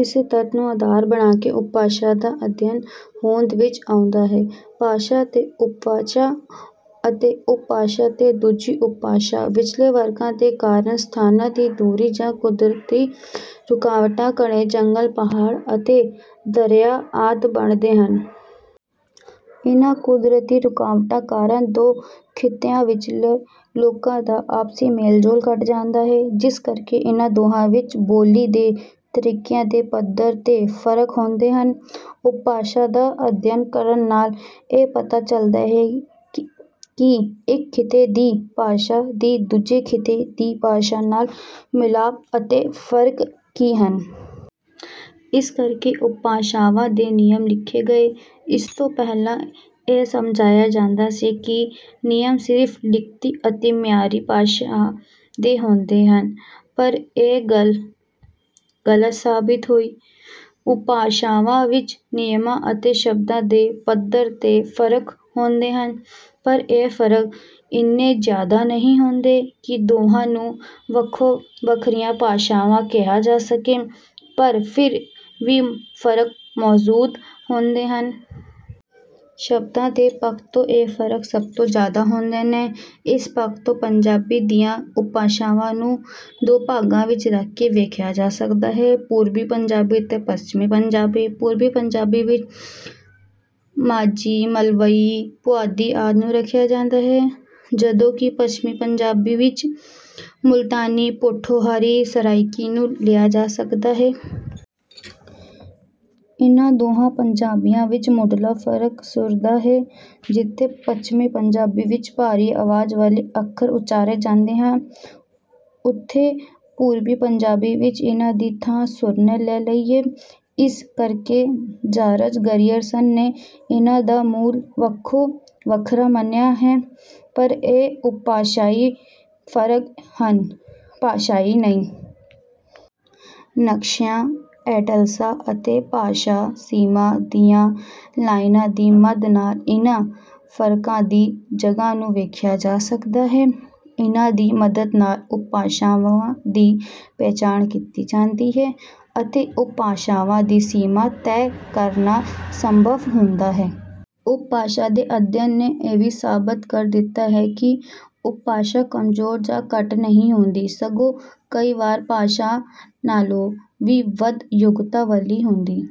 ਇਸੇ ਤੱਥ ਨੂੰ ਅਧਾਰ ਬਣਾ ਕੇ ਉਪਭਾਸ਼ਾ ਦਾ ਅਧਿਐਨ ਹੋਂਦ ਵਿੱਚ ਆਉਂਦਾ ਹੈ। ਭਾਸ਼ਾ ਤੇ ਉਪਭਾਸ਼ਾ ਅਤੇ ਉਪਭਾਸ਼ਾ ਤੇ ਦੂਜੀ ਉਪਭਾਸ਼ਾ ਵਿਚਲੇ ਵਰਗਾ ਦੇ ਕਾਰਨ ਸਥਾਨਾਂ ਦੀ ਦੂਰੀ ਜਾਂ ਕੁਦਰਤੀ ਰੁਕਾਵਟਾਂ, ਘਣੇ ਜੰਗਲ, ਪਹਾੜ ਅਤੇ ਦਰਿਆ ਆਦਿ ਬਣਦੇ ਹਨ। ਇਨ੍ਹਾਂ ਕੁਦਰਤੀ ਰੁਕਾਵਟਾਂ ਕਾਰਨ ਦੋ ਖਿੱਤਿਆਂ ਵਿਚਲੇ ਲੋਕਾਂ ਦਾ ਆਪਸੀ ਮੇਲ-ਜੋਲ ਘੱਟ ਜਾਂਦਾ ਹੈ, ਜਿਸ ਕਰਕੇ ਇਨ੍ਹਾਂ ਦੋਹਾਂ ਵਿੱਚ ਬੋਲੀ ਦੇ ਤਰੀਕਿਆਂ ਦੇ ਪੱਧਰ 'ਤੇ ਫਰਕ ਔਂਦੇ ਹਨ। ਉਪਭਾਸ਼ਾ ਦਾ ਅਧਿਐਨ ਕਰਨ ਨਾਲ ਇਹ ਪਤਾ ਚਲਦਾ ਹੈ ਕਿ ਇੱਕ ਖਿੱਤੇ ਦੀ ਭਾਸ਼ਾ ਦੀ ਦੂਜੇ ਖਿੱਤੇ ਦੀ ਭਾਸ਼ਾ ਨਾਲ ਮਿਲਾਪ ਅਤੇ ਫਰਕ ਕੀ ਹਨ। ਇਸ ਕਰਕੇ ਉਪਭਾਸ਼ਾਵਾਂ ਦੇ ਨਿਯਮ ਲਿਖੇ ਗਏ। ਇਸ ਤੋਂ ਪਹਿਲਾਂ ਇਹ ਸਮਝਿਆ ਜਾਂਦਾ ਸੀ ਕਿ ਨਿਯਮ ਸਿਰਫ਼ ਲਿਖਤੀ ਅਤੇ ਮਿਆਰੀ ਭਾਸ਼ਾ ਦੇ ਹੁੰਦੇ ਹਨ, ਪਰ ਇਹ ਗੱਲ ਗਲਤ ਸਾਬਤ ਹੋਈ। ਉਪਭਾਸ਼ਾਵਾਂ ਵਿੱਚ ਨਿਯਮਾਂ ਅਤੇ ਸ਼ਬਦਾਂ ਦੇ ਪੱਧਰ 'ਤੇ ਫਰਕ ਹੁੰਦੇ ਹਨ, ਪਰ ਇਹ ਫਰਕ ਇੰਨੇ ਜ਼ਿਆਦਾ ਨਹੀਂ ਹੁੰਦੇ ਕਿ ਦੋਹਾਂ ਨੂੰ ਵੱਖੋ-ਵੱਖਰੀਆਂ ਭਾਸ਼ਾਵਾਂ ਕਿਹਾ ਜਾ ਸਕੇ, ਪਰ ਫਿਰ ਵੀ ਫਰਕ ਮੌਜੂਦ ਹੁੰਦੇ ਹਨ। ਸ਼ਬਦਾਂ ਦੇ ਪੱਖ ਤੋਂ ਇਹ ਫਰਕ ਸਭ ਤੋਂ ਜ਼ਿਆਦਾ ਹੁੰਦੇ ਹਨ। ਇਸ ਪੱਖ ਤੋਂ ਪੰਜਾਬੀ ਦੀਆਂ ਉਪਭਾਸ਼ਾਵਾਂ ਨੂੰ ਦੋ ਭਾਗਾਂ ਵਿੱਚ ਰੱਖ ਕੇ ਵੇਖਿਆ ਜਾ ਸਕਦਾ ਹੈ: ਪੂਰਬੀ ਪੰਜਾਬੀ ਤੇ ਪੱਛਮੀ ਪੰਜਾਬੀ। ਪੂਰਬੀ ਪੰਜਾਬੀ ਵਿੱਚ ਮਾਝੀ, ਮਲਵਈ, ਪੁਆਧੀ ਆਦਿ ਨੂੰ ਰੱਖਿਆ ਜਾਂਦਾ ਹੈ, ਜਦੋਂ ਕਿ ਪੱਛਮੀ ਪੰਜਾਬੀ ਵਿੱਚ ਮੁਲਤਾਨੀ, ਪੋਠੋਹਾਰੀ, ਸਰਾਇਕੀ ਨੂੰ ਲਿਆ ਜਾ ਸਕਦਾ ਹੈ। ਇਨ੍ਹਾਂ ਦੋਹਾਂ ਪੰਜਾਬੀਆਂ ਵਿੱਚ ਮੁੱਢਲਾ ਫਰਕ ਸੁਰ ਦਾ ਹੈ। ਜਿੱਥੇ ਪੱਛਮੀ ਪੰਜਾਬੀ ਵਿੱਚ ਭਾਰੀ ਆਵਾਜ਼ ਵਾਲੇ ਅੱਖਰ ਉਚਾਰੇ ਜਾਂਦੇ ਹਨ, ਉੱਥੇ ਪੂਰਬੀ ਪੰਜਾਬੀ ਵਿੱਚ ਇਨ੍ਹਾਂ ਦੀ ਥਾਂ ਸੁਰ ਨੇ ਲੈ ਲਈ ਹੈ। ਇਸ ਕਰਕੇ ਜਾਰਜ ਗਰੀਅਰਸਨ ਨੇ ਇਨ੍ਹਾਂ ਦਾ ਮੂਲ ਵੱਖੋ-ਵੱਖਰਾ ਮੰਨਿਆ ਹੈ, ਪਰ ਇਹ ਉਪਭਾਸ਼ਾਈ ਫਰਕ ਹਨ, ਭਾਸ਼ਾਈ ਨਹੀਂ। ਨਕਸ਼ਿਆਂ, ਐਟਲਸਾਂ ਅਤੇ ਭਾਸ਼ਾ-ਸੀਮਾ ਦੀਆਂ ਲਾਈਨਾਂ ਦੀ ਮਦ ਨਾਲ ਇਨ੍ਹਾਂ ਫਰਕਾਂ ਦੀ ਜਗ੍ਹਾ ਨੂੰ ਵੇਖਿਆ ਜਾ ਸਕਦਾ ਹੈ। ਇਨ੍ਹਾਂ ਦੀ ਮਦਦ ਨਾਲ ਉਪਭਾਸ਼ਾਵਾਂ ਦੀ ਪਛਾਣ ਕੀਤੀ ਜਾਂਦੀ ਹੈ ਅਤੇ ਉਪਭਾਸ਼ਾਵਾਂ ਦੀ ਸੀਮਾ ਤੈਅ ਕਰਨਾ ਸੰਭਵ ਹੁੰਦਾ ਹੈ। ਉਪਭਾਸ਼ਾ ਦੇ ਅਧਿਐਨ ਨੇ ਇਹ ਵੀ ਸਾਬਤ ਕਰ ਦਿੱਤਾ ਹੈ ਕਿ ਉਪਭਾਸ਼ਾ ਕਮਜ਼ੋਰ ਜਾਂ ਘੱਟ ਨਹੀਂ ਹੁੰਦੀ, ਸਗੋਂ ਕਈ ਵਾਰ ਭਾਸ਼ਾ ਨਾਲੋਂ ਵੀ ਵੱਧ ਯੋਗਤਾ ਵਾਲੀ ਹੁੰਦੀ